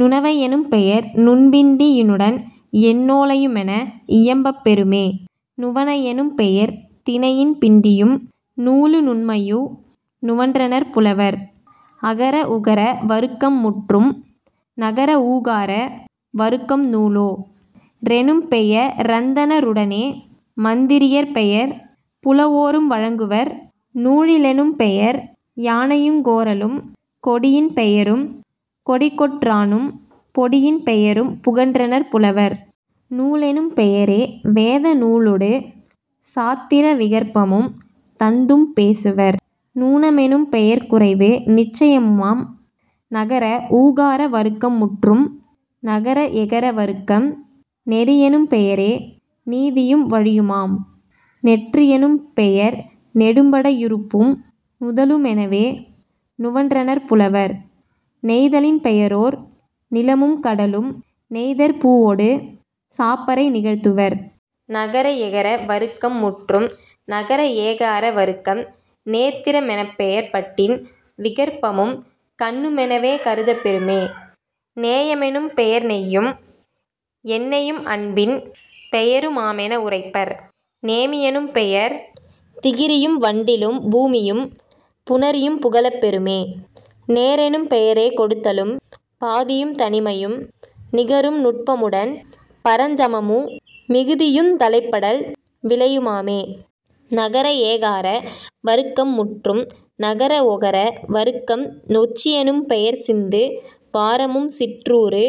நுணவை யெனும்பெயர் நுண்பிண் டியினுடன் எண்ணோ லையுமென இயம்பப் பெறுமே..... நுவணை யெனும் பெயர் தினையின் பிண்டியும் நூலு நுண்மையு நுவன்றனர் புலவர்..... நகர உகர வருக்கம் முற்றும். நகர ஊகார வருக்கம் நூலோ ரெனும்பெய ரந்தண ருடனே மந்திரி யர்பெயர் புலவோரும் வழங்குவர்..... நூழி லெனும்பெயர் யானையுங் கோறலும் கொடியின் பெயரும் கொடிக்கொற் றானும் பொடியின் பெயரும் புகன்றனர் புலவர்..... நூலெனும் பெயரே வேத நூலொடு சாத்திர விகற்பமும் தந்தும் பேசுவர்..... நூண மெனும்பெயர் குறைவு நிச்சயமுமாம்..... நகர ஊகார வருக்கம் முற்றும். நகர எகர வருக்கம் நெறியெனும் பெயரே நீதியும் வழியுமாம்..... நெற்றி யெனும்பெயர் நெடும்படை யுறுப்பும் நுதலு மெனவே நுவன்றனர் புலவர்..... நெய்தலின் பெயரோர் நிலமும் கடலும் நெய்தற் பூவொடு சாப்பறை நிகழ்த்துவர்..... நகர எகர வருக்கம் முற்றும். நகர ஏகார வருக்கம் நேத்திர மெனப்பெயர் பட்டின் விகற்பமும் கண்ணு மெனவே கருதப் பெறுமே..... நேய மெனும்பெயர் நெய்யும் எண்ணெயும் அன்பின் பெயரு மாமென வுரைப்பர்..... நேமி யெனும்பெயர் திகிரியும் வண்டிலும் பூமியும் புணரியும் புகலப் பெறுமே..... நேரெனும் பெயரே கொடுத்தலும் பாதியும் தனிமையும் நிகரும் நுட்பமுடன் பரஞ்சமமு மிகுதியுந் தலைப்படல் விலையு மாமே..... நகர ஏகார வருக்கம் முற்றும். நகர ஒகர வருக்கம் நொச்சி யெனும்பெயர் சிந்து வாரமும் சிற்றூரு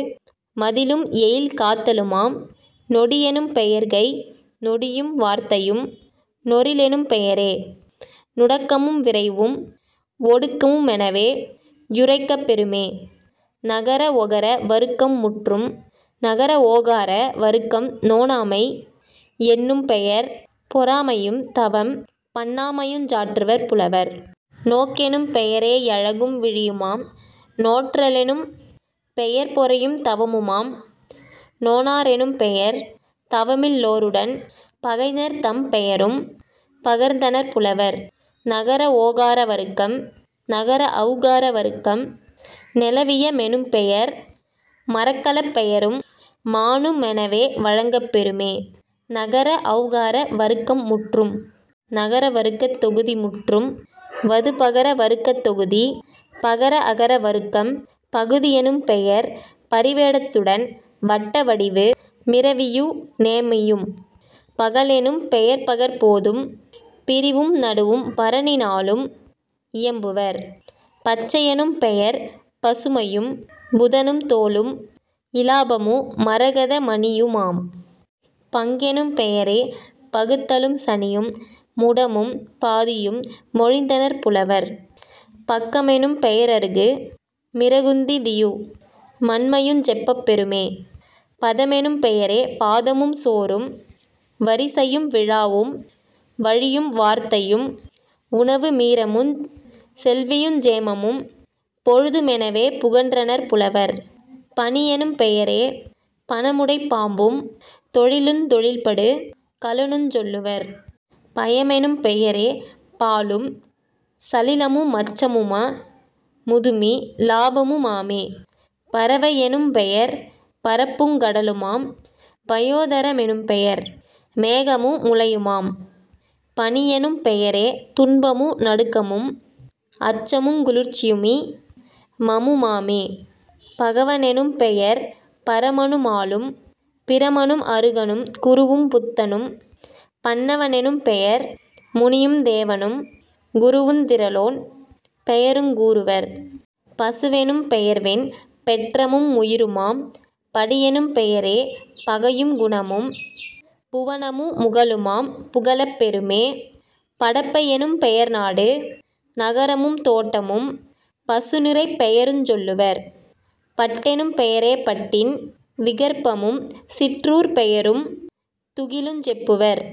மதிலும் எயில் காத்தலுமாம்..... நொடியெனும் பெயர்கை நொடியும் வார்த்தையும்..... நொறிலெனும் பெயரே நுடக்கமும் விரைவும் ஒடுக்கமு மெனவே யுரைக்கப் பெறுமே..... நகர ஒகர வருக்கம் முற்றும். நகர ஓகார வருக்கம் நோனாமை யென்னும் பெயர்பொ றாமையும் தவம்பண்ணா மையுஞ் சாற்றுவர் புலவர்..... நோக்கெனும் பெயரே யழகும் விழியுமாம்..... நோற்ற லெனும்பெயர் பொறையும் தவமுமாம்..... நோனா ரெனும்பெயர் தவமில் லோருடன் பகைஞர்தம் பெயரும் பகர்ந்தனர் புலவர்..... நகர ஓகார வருக்கம். நகர ஒளகார வருக்கம் நெளவிய மெனும்பெயர் மரக்கலப் பெயரும் மானு மெனவே வழங்கப் பெறுமே..... நகர ஒளகார வருக்கம் முற்றும். நகர வருக்கத் தொகுதி முற்றும். வது பகர வருக்கத் தொகுதி பகர அகர வருக்கம் பகுதி யெனும்பெயர் பரிவே டத்துடன் வட்ட வடிவு மிரவியு நேமியும்..... பகலெனும் பெயர்பகற் போதும் பிரிவும் நடுவும் பரணி நாளும் இயம்புவர்..... பச்சை யெனும்பெயர் பசுமையும் புதனும் தோலும் இலாபமு மரகத மணியுமாம்..... பங்கெனும் பெயரே பகுத்தலும் சனியும் முடமும் பாதியும் மொழிந்தனர் புலவர்..... பக்க மெனும்பெய ரருகு மிறகுந் திதியு மண்மையுஞ் செப்பப் பெறுமே..... பதமெனும் பெயரே பாதமும் சோறும் வரிசையும் விழாவும் வழியும் வார்த்தையும் உணவு மீரமுஞ் செல்வியுஞ் சேமமும் பொழுது மெனவே புகன்றனர் புலவர்..... பணியெனும் பெயரே பணமுடைப் பாம்பும் தொழிலுந் தொழில்படு கலனுஞ் சொல்லுவர்..... பயமெனும் பெயரே பாலும் சலிலமு மச்சமும முதுமி லாபமு மாமே..... பரவை யெனும்பெயர் பரப்புங் கடலுமாம்..... பயோதர மெனும்பெயர் மேகமு முலையுமாம்..... பனியெனும் பெயரே துன்பமு நடுக்கமும் அச்சமுங் குளிர்ச்சியு மிமமு மாமே..... பகவ னெனும்பெயர் பரமனு மாலும் பிரமனும் அருகனும் குருவும் புத்தனும்..... பண்ணவ னெனும்பெயர் முனியும் தேவனும் குருவுந் திறலோன் பெயருங் கூறுவர்..... பசுவெனும் பெயர்வெண் பெற்றமு முயிருமாம்..... படியெனும் பெயரே பகையும் குணமும் புவனமு முலகமுமாம் புகலப் பெறுமே..... படப்பை யெனும்பெயர் நாடு நகரமும் தோட்டமும் பசுநிரைப் பெயருஞ் சொல்லுவர்..... பட்டெனும் பெயரே பட்டின் விகற்பமும் சிற்றூர்ப் பெயரும் துகிலுஞ் செப்புவர்...